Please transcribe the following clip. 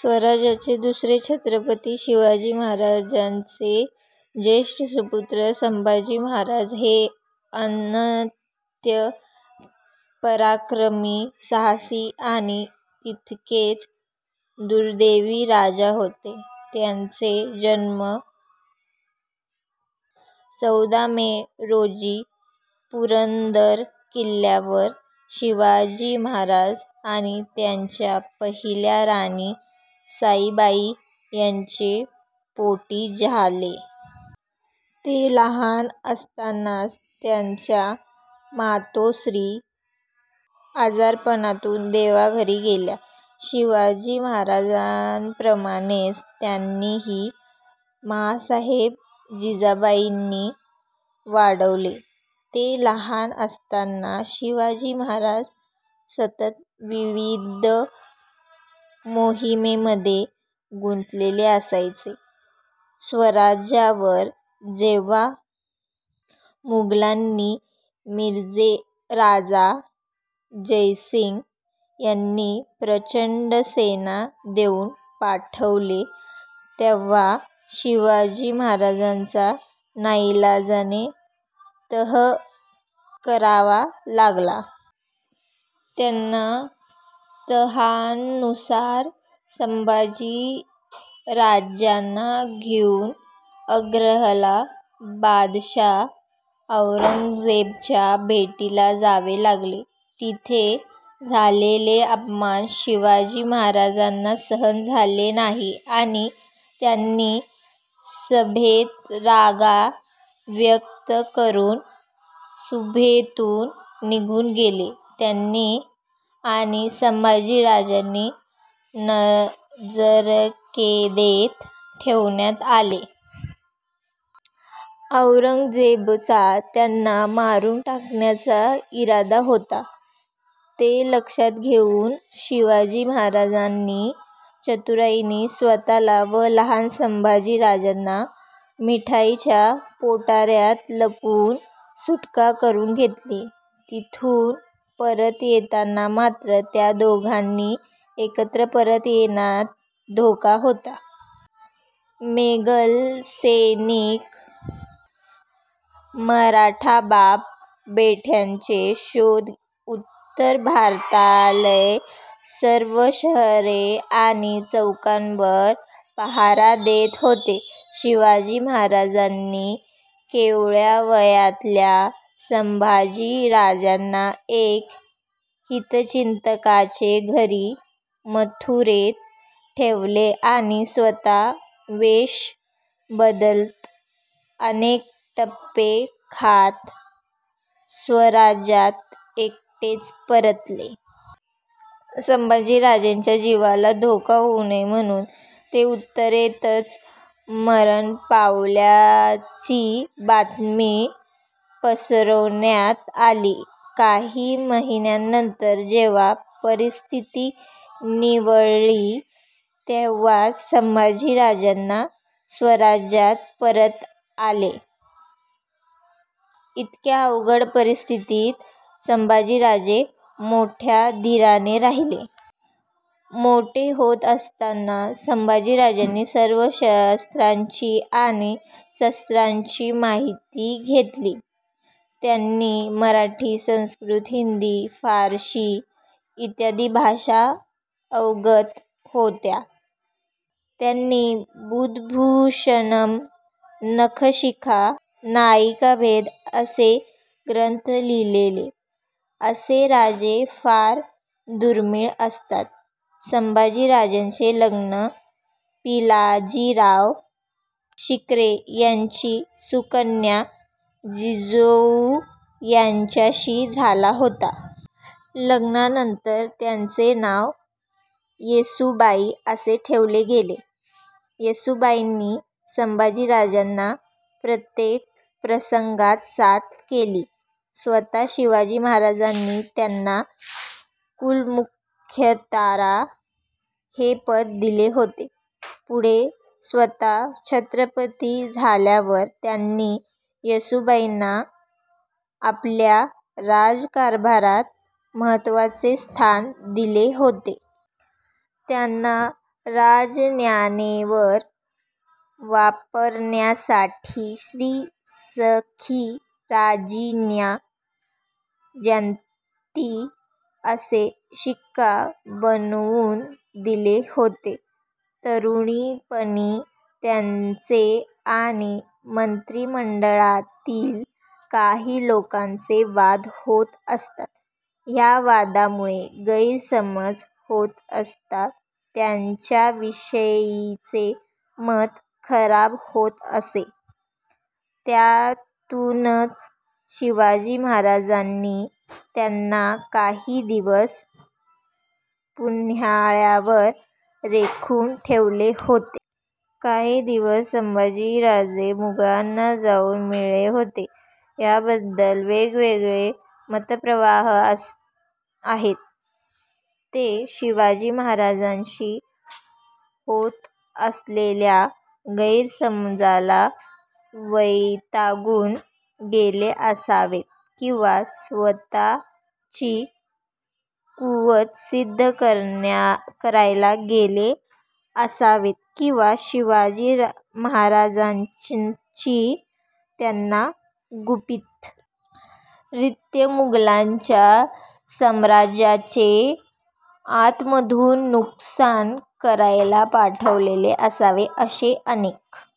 स्वराज्याचे दुसरे छत्रपती, शिवाजी महाराजांचे ज्येष्ठ सुपुत्र संभाजी महाराज हे अत्यंत पराक्रमी, साहसी आणि तितकेच दुर्दैवी राजे होते. त्यांचा जन्म चौदा मे रोजी पुरंदर किल्ल्यावर शिवाजी महाराज आणि त्यांच्या पहिल्या राणी सईबाई यांच्या पोटी झाला. ते लहान असतानाच त्यांच्या मातोश्री आजारपणातुन देवाघरी गेल्या. शिवाजी महाराजांप्रमाणेच त्यांनाही मांसाहेब जिजाबाईंनी वाढवले. ते लहान असताना शिवाजी महाराज सतत विविध मोहिमांमध्ये गुंतलेले असायचे. स्वराज्यावर जेव्हा मोगलांनी मिर्झा राजा जयसिंग यांना प्रचंड सैन्य देऊन पाठवले, तेव्हा शिवाजी महाराजांना नाईलाजाने तह करावा लागला. त्यांना तहानुसार संभाजी राजांना घेऊन आग्र्याला बादशहा औरंगजेबाच्या भेटीला जावे लागले. तिथे झालेला अपमान शिवाजी महाराजांना सहन झाला नाही आणि त्यांनी सभेत राग व्यक्त करून सभेतुन निघुन गेले. त्यांना आणि संभाजी राजांना नजरकैदेत ठेवण्यात आले. औरंगजेबाचा त्यांना मारून टाकण्याचा इरादा होता. ते लक्षात घेऊन शिवाजी महाराजांनी चतुराईने स्वतःला व लहान संभाजीराजांना मिठाईच्या पेटाऱ्यात लपवुन सुटका करून घेतली. तिथुन परत येताना मात्र त्या दोघांनी एकत्र परत येण्यात धोका होता. मोगल सैनिक मराठा बाप बेट्यांच्या शोधात उत्तर भारतातल्या सर्व शहरे आणि चौक्यांवर पहारा देत होते. शिवाजी महाराजांनी कोवळ्या वयातल्या संभाजी राजांना एका हितचिंतकांच्या घरी मथुरेत ठेवले आणि स्वतः वेष बदलत अनेक टप्पे खात स्वराज्यात एकटेच परतले. संभाजी राजांच्या जीवाला धोका होऊ नये म्हणुन ते उत्तरेतच मरण पावल्याची बातमी पसरवण्यात आली. काही महिन्यांनी जेव्हा परिस्थिती निवळली तेव्हाच संभाजी राजांना स्वराज्यात परतत आले. इतक्या अवघड परिस्थितीत संभाजी राजे मोठ्या धीराने राहिले. मोठे होत असताना संभाजी राजांनी सर्व शस्त्रांचे आणि शास्त्रांचे शिक्षण घेतले. त्यांना मराठी, संस्कृत, हिंदी, फारशी इत्यादी भाषा अवगत होत्या. त्यांनी बुधभूषणम, नखशिखा, नायिकाभेद असे ग्रंथ लिहिले. असे राजे फार दुर्मिळ असतात. संभाजी राजांचे लग्न पिलाजीराव शिर्के यांची सुकन्या जिवुबाई यांच्याशी झाले होते. लग्नानंतर त्यांचे नाव येसूबाई असे ठेवले गेले. येसूबाईंनी संभाजीराजांना प्रत्येक प्रसंगात साथ केली. स्वतः शिवाजी महाराजांनी त्यांना कुलमुखत्यार हे पद दिले होते. पुढे स्वतः छत्रपती झाल्यावर त्यांनी येसूबाईंना आपल्या राज्यकारभारात महत्वाचे स्थान दिले होते. त्यांना राजाज्ञेवर वापरण्यासाठी श्री सखी राज्ञी जयंती असा शिक्का बनवुन दिला होता. तरुणपणी त्यांचे आणि मंत्रीमंडळातील काही लोकांचे वाद होत असत. ह्या वादांमुळे गैरसमज होत असत त्यांच्याविषयीचे मत खराब होत असे. ह्यातुनच शिवाजी महाराजांनी त्यांना काही दिवस पन्हाळ्यावर रोखुन ठेवले होते. काही दिवस संभाजी राजे मोगलांना जाऊन मिळाले होते. याबद्दल वेगवेगळे मतप्रवाह आहेत. ते शिवाजी महाराजांशी होत असलेल्या गैरसमजाला वैतागुन गेले असावेत किंवा स्वतःची कुवत सिद्ध करायला गेले असावेत किंवा शिवाजी महाराजांनीच त्यांना गुप्त रित्या मोगलांच्या साम्राज्याचे आतमधुन नुकसान करायला पाठवले असावे अशा अनेक